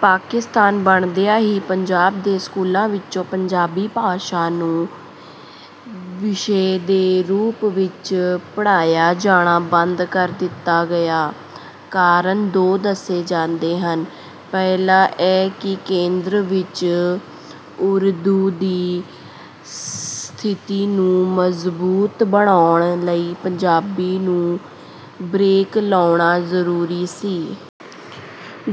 ਪਾਕਿਸਤਾਨ ਬਣਦਿਆਂ ਹੀ ਪੰਜਾਬ ਦੇ ਸਕੂਲਾਂ ਵਿੱਚੋਂ ਪੰਜਾਬੀ ਭਾਸ਼ਾ ਨੂੰ ਵਿਸ਼ੇ ਦੇ ਰੂਪ ਵਿੱਚ ਪੜ੍ਹਾਇਆ ਜਾਣਾ ਬੰਦ ਕਰ ਦਿੱਤਾ ਗਿਆ। ਕਾਰਨ ਦੋ ਦੱਸੇ ਜਾਂਦੇ ਹਨ। ਪਹਿਲਾ ਇਹ ਕਿ ਕੇਂਦਰ ਵਿੱਚ ਉਰਦੂ ਦੀ ਸਥਿਤੀ ਨੂੰ ਮਜ਼ਬੂਤ ਬਣਾਉਣ ਲਈ ਪੰਜਾਬੀ ਨੂੰ 'ਬਰੇਕ' ਲਾਉਣਾ ਜ਼ਰੂਰੀ ਸੀ।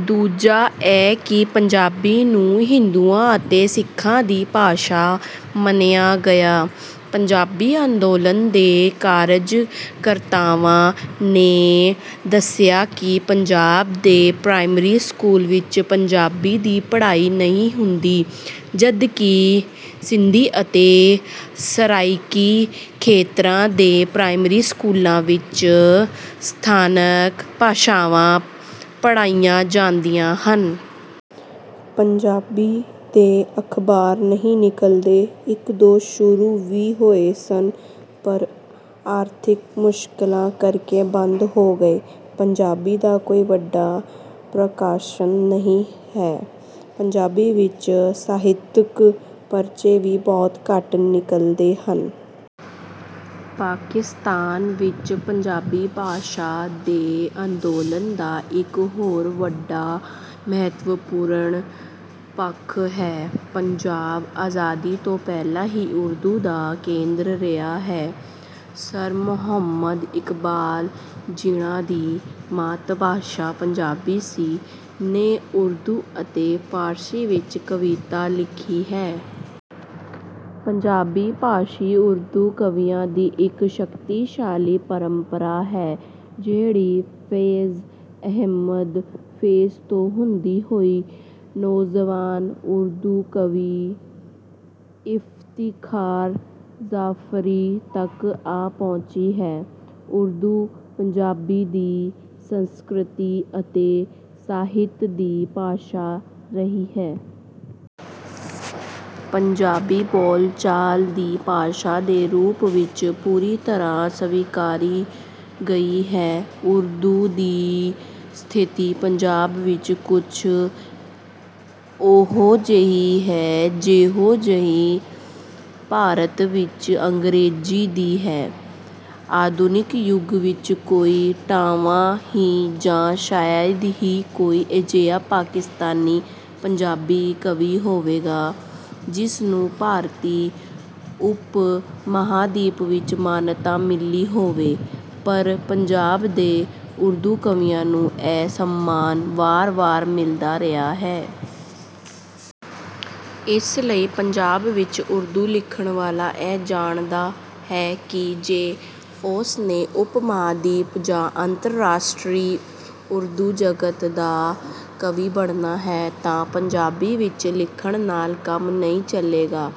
ਦੂਜਾ ਇਹ ਕਿ ਪੰਜਾਬੀ ਨੂੰ ਹਿੰਦੂਆਂ ਅਤੇ ਸਿੱਖਾਂ ਦੀ ਭਾਸ਼ਾ ਮੰਨਿਆ ਗਿਆ। ਪੰਜਾਬੀ ਅੰਦੋਲਨ ਦੇ ਕਾਰਜਕਰਤਾਵਾਂ ਨੇ ਦੱਸਿਆ ਕਿ ਪੰਜਾਬ ਦੇ ਪ੍ਰਾਇਮਰੀ ਸਕੂਲਾਂ ਵਿੱਚ ਪੰਜਾਬੀ ਦੀ ਪੜ੍ਹਾਈ ਨਹੀਂ ਹੁੰਦੀ, ਜਦਕਿ ਸਿੰਧੀ ਅਤੇ ਸਰਾਈਕੀ ਖੇਤਰਾਂ ਦੇ ਪ੍ਰਾਇਮਰੀ ਸਕੂਲਾਂ ਵਿੱਚ ਸਥਾਨਕ ਭਾਸ਼ਾਵਾਂ ਪੜ੍ਹਾਈਆਂ ਜਾਂਦੀਆਂ ਹਨ। ਪੰਜਾਬੀ ਦੇ ਅਖ਼ਬਾਰ ਨਹੀਂ ਨਿਕਲਦੇ। ਇੱਕ-ਦੋ ਸ਼ੁਰੂ ਵੀ ਹੋਏ ਸਨ, ਪਰ ਆਰਥਿਕ ਮੁਸ਼ਕਲਾਂ ਕਰਕੇ ਬੰਦ ਹੋ ਗਏ। ਪੰਜਾਬੀ ਦਾ ਕੋਈ ਵੱਡਾ ਪ੍ਰਕਾਸ਼ਨ ਨਹੀਂ ਹੈ। ਪੰਜਾਬੀ ਵਿੱਚ ਸਾਹਿਤਕ ਪਰਚੇ ਵੀ ਬਹੁਤ ਘੱਟ ਨਿਕਲਦੇ ਹਨ। ਪਾਕਿਸਤਾਨ ਵਿੱਚ ਪੰਜਾਬੀ ਭਾਸ਼ਾ ਦੇ ਅੰਦੋਲਨ ਦਾ ਇੱਕ ਹੋਰ ਬੜਾ ਮਹੱਤਵਪੂਰਨ ਪੱਖ ਹੈ। ਪੰਜਾਬ ਆਜ਼ਾਦੀ ਤੋਂ ਪਹਿਲਾਂ ਹੀ ਉਰਦੂ ਦਾ ਕੇਂਦਰ ਰਿਹਾ ਹੈ। ਸਰ ਮੁਹੰਮਦ ਇਕਬਾਲ, ਜਿਹਨਾਂ ਦੀ ਮਾਤ-ਭਾਸ਼ਾ ਪੰਜਾਬੀ ਸੀ, ਨੇ ਉਰਦੂ ਅਤੇ ਫ਼ਾਰਸੀ ਵਿੱਚ ਕਵਿਤਾ ਲਿਖੀ ਹੈ। ਪੰਜਾਬੀ-ਭਾਸ਼ੀ ਉਰਦੂ ਕਵੀਆਂ ਦੀ ਇੱਕ ਸ਼ਕਤੀਸ਼ਾਲੀ ਪਰੰਪਰਾ ਹੈ ਜਿਹੜੀ ਫ਼ੈਜ਼ ਅਹਿਮਦ 'ਫ਼ੈਜ਼' ਤੋਂ ਹੁੰਦੀ ਹੋਈ ਨੌਜਵਾਨ ਉਰਦੂ ਕਵੀ ਇਫ਼ਤਿਖ਼ਾਰ ਜਾਫ਼ਰੀ ਤੱਕ ਆ ਪਹੁੰਚੀ ਹੈ। ਉਰਦੂ, ਪੰਜਾਬ ਦੀ ਸੰਸਕ੍ਰਿਤੀ ਅਤੇ ਸਾਹਿਤ ਦੀ ਭਾਸ਼ਾ ਰਹੀ ਹੈ। ਪੰਜਾਬੀ, ਬੋਲਚਾਲ ਦੀ ਭਾਸ਼ਾ ਦੇ ਰੂਪ ਵਿੱਚ ਪੂਰੀ ਤਰ੍ਹਾਂ ਸਵੀਕਾਰੀ ਗਈ ਹੈ। ਉਰਦੂ ਦੀ ਸਥਿਤੀ ਪੰਜਾਬ ਵਿੱਚ ਕੁਝ ਉਹੋ-ਜਿਹੀ ਹੈ ਜਿਹੋ-ਜਿਹੀ ਭਾਰਤ ਵਿੱਚ ਅੰਗਰੇਜ਼ੀ ਦੀ ਹੈ। ਆਧੁਨਿਕ ਯੁੱਗ ਵਿੱਚ ਕੋਈ ਟਾਵਾਂ ਹੀ ਜਾਂ ਸ਼ਾਇਦ ਹੀ ਕੋਈ ਅਜਿਹਾ ਪਾਕਿਸਤਾਨੀ ਪੰਜਾਬੀ ਕਵੀ ਹੋਵੇਗਾ ਜਿਸ ਨੂੰ ਭਾਰਤੀ ਉਪ-ਮਹਾਂਦੀਪ ਵਿੱਚ ਮਾਨਤਾ ਮਿਲੀ ਹੋਵੇ, ਪਰ ਪੰਜਾਬ ਦੇ ਉਰਦੂ ਕਵੀਆਂ ਨੂੰ ਇਹ ਸਨਮਾਨ ਵਾਰ-ਵਾਰ ਮਿਲਦਾ ਰਿਹਾ ਹੈ। ਇਸ ਲਈ ਪੰਜਾਬ ਵਿੱਚ ਉਰਦੂ ਲਿਖਣ ਵਾਲਾ ਇਹ ਜਾਣਦਾ ਹੈ ਕਿ ਜੇ ਉਸ ਨੇ ਉਪ-ਮਹਾਂਦੀਪ ਜਾਂ ਅੰਤਰਰਾਸ਼ਟਰੀ ਉਰਦੂ ਜਗਤ ਦਾ ਕਵੀ ਬਣਨਾ ਹੈ, ਤਾਂ ਪੰਜਾਬੀ ਵਿੱਚ ਲਿਖਣ ਨਾਲ ਕੰਮ ਨਹੀਂ ਚੱਲੇਗਾ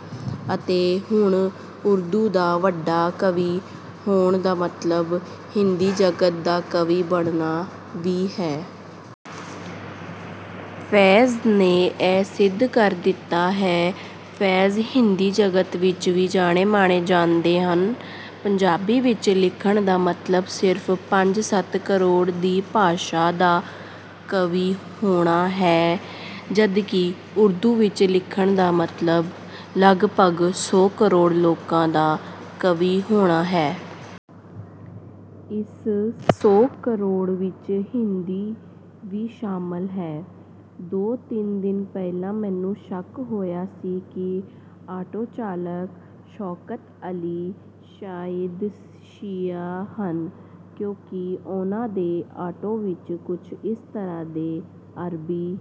ਅਤੇ ਹੁਣ ਉਰਦੂ ਦਾ ਵੱਡਾ ਕਵੀ ਹੋਣ ਦਾ ਮਤਲਬ ਹਿੰਦੀ ਜਗਤ ਦਾ ਕਵੀ ਬਣਨਾ ਵੀ ਹੈ। 'ਫ਼ੈਜ਼' ਨੇ ਇਹ ਸਿੱਧ ਕਰ ਦਿੱਤਾ ਹੈ। 'ਫ਼ੈਜ਼' ਹਿੰਦੀ ਜਗਤ ਵਿੱਚ ਵੀ ਜਾਣੇ-ਮਾਣੇ ਜਾਂਦੇ ਹਨ। ਪੰਜਾਬੀ ਵਿੱਚ ਲਿਖਣ ਦਾ ਮਤਲਬ ਸਿਰਫ਼ ਪੰਜ-ਸੱਤ ਕਰੋੜ ਦੀ ਭਾਸ਼ਾ ਦਾ ਕਵੀ ਹੋਣਾ ਹੈ, ਜਦਕਿ ਉਰਦੂ ਵਿੱਚ ਲਿਖਣ ਦਾ ਮਤਲਬ ਲਗਭਗ ਸੌ ਕਰੋੜ ਲੋਕਾਂ ਦਾ ਕਵੀ ਹੋਣਾ ਹੈ। ਇਸ ਸੌ ਕਰੋੜ ਵਿੱਚ ਹਿੰਦੀ ਵੀ ਸ਼ਾਮਲ ਹੈ। ਦੋ-ਤਿੰਨ ਦਿਨ ਪਹਿਲਾਂ ਮੈਨੂੰ ਸ਼ੱਕ ਹੋਇਆ ਸੀ ਕਿ ਆਟੋ ਚਾਲਕ ਸ਼ੌਕਤ ਅਲੀ ਸ਼ਾਇਦ ਸ਼ੀਆ ਹਨ ਕਿਉਂਕਿ ਉਹਨਾਂ ਦੇ ਆਟੋ ਵਿੱਚ ਕੁਝ ਇਸ ਤਰ੍ਹਾਂ ਦੇ ਅਰਬੀ